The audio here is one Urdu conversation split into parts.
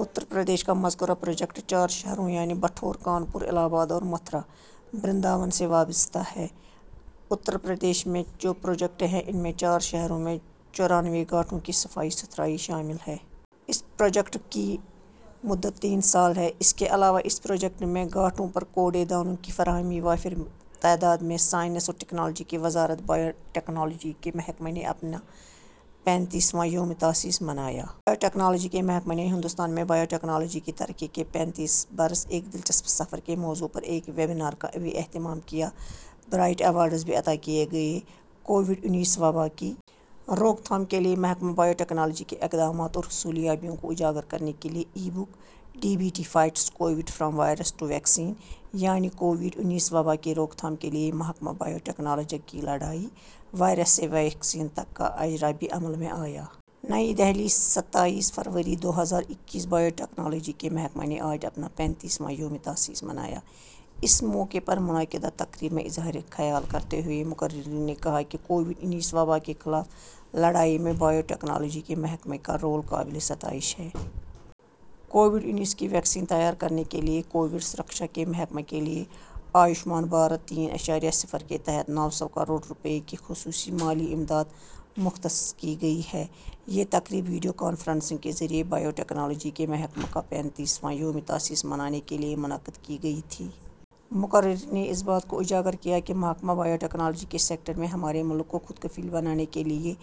اترپردیش کا مذکورہ پروجیکٹ چار شہروں یعنی بٹھور، کانپور، الہ آباد اور متھرا-برنداون سے وابستہ ہے۔ اترپردیش میں جو پروجیکٹ ہیں، ان میں چار شہروں میں چورانوے گھاٹوں کی صفائی ستھرائی شامل ہے۔ اس پروجیکٹ کی مدت تین سال ہے۔ اس کے علاوہ اس پروجیکٹ میں گھاٹوں پر کوڑے دانوں کی فراہمی وافر تعداد میں۔ سائنس اور ٹیکنالوجی کی وزارت بایوٹکنالوجی کے محکمہ نے اپنا پینتیس واں یومِ تاسیس منایا۔ بایوٹکنالوجی کے محکمہ نے "ہندوستان میں بایوٹکنالوجی کی ترقی کے پینتیس برس، ایک دلچسپ سفر" کے موضوع پر ایک ویبینار کا بھی اہتمام کیا۔ برائٹ ایوارڈز بھی عطا کیے گئے۔ کووڈ-انیس وبا کی روک تھام کے لیے محکمہ بایوٹکنالوجی کے اقدامات اور حصولیابیوں کو اجاگر کرنے کے لیے ebook "D B T fights covid, from virus to vaccine", یعنی کووڈ-انیس وبا کی روک تھام کے لیے محکمہ بایوٹکنالوجی کی لڑائی، وائرس سے ویکسین تک، کا اجرا بھی عمل میں آیا۔ نئی دہلی، ستائیس فروری دو ہزار اکیس: بایوٹکنالوجی کے محکمہ نے آج اپنا پینتیس واں یومِ تاسیس منایا۔ اس موقع پر منعقدہ تقریب میں اظہارِ خیال کرتے ہوئے مقررین نے کہا کہ "کووڈ-انیس وبا کے خلاف لڑائی میں بایوٹکنالوجی کے محکمہ کا رول قابلِ ستائش ہے۔" کووڈ انیس کی ویکسین تیار کرنے کے لیے کووڈ-سرکشا کے محکمہ کے لیے آیوشمان بھارت تین اعشاریہ صفر کے تحت نو سو کروڑ روپے کی خصوصی مالی امداد مختص کی گئی ہے۔ یہ تقریب ویڈیو کانفرنسنگ کے ذریعے بایوٹکنالوجی کے محکمہ کا پینتیس واں یومِ تاسیس منانے کے لیے منعقد کی گئی تھی۔ مقررین نے اس بات کو اجاگر کیا کہ محکمہ بایوٹکنالوجی کے سیکٹر میں ہمارے ملک کو خود کفیل بنانے کے لیے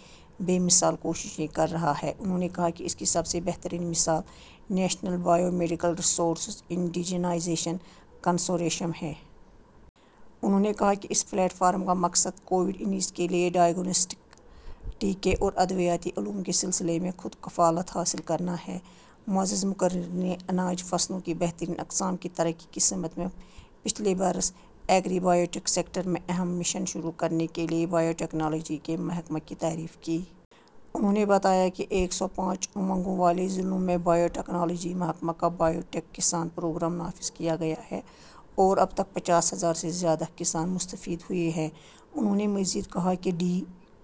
بے مثال کوششیں کر رہا ہے۔ انہوں نے کہا کہ اس کی سب سے بہترین مثال "national biomedical resource indigenization consortium" ہے۔ انہوں نے کہا کہ "اس پلیٹ فارم کا مقصد کووڈ-انیس کے لیے ڈائگنوسٹک، ٹیکے اور ادویاتی علوم کے سلسلے میں خود کفالت حاصل کرنا ہے۔" معزز مقررین نے اناج فصلوں کی بہترین اقسام کی ترقی کی سمت میں پچھلے برس ایگری-بایوٹیک سیکٹر میں اہم مشن شروع کرنے کے لیے بایوٹکنالوجی کے محکمہ کی تعریف کی۔ انہوں نے بتایا کہ "ایک سو پانچ امنگوں والے ضلعوں میں بایوٹکنالوجی محکمہ کا بایوٹیک کسان پروگرام نافذ کیا گیا ہے اور اب تک پچاس ہزار سے زیادہ کسان مستفید ہوئے ہیں۔" انہوں نے مزید کہا کہ "ڈی...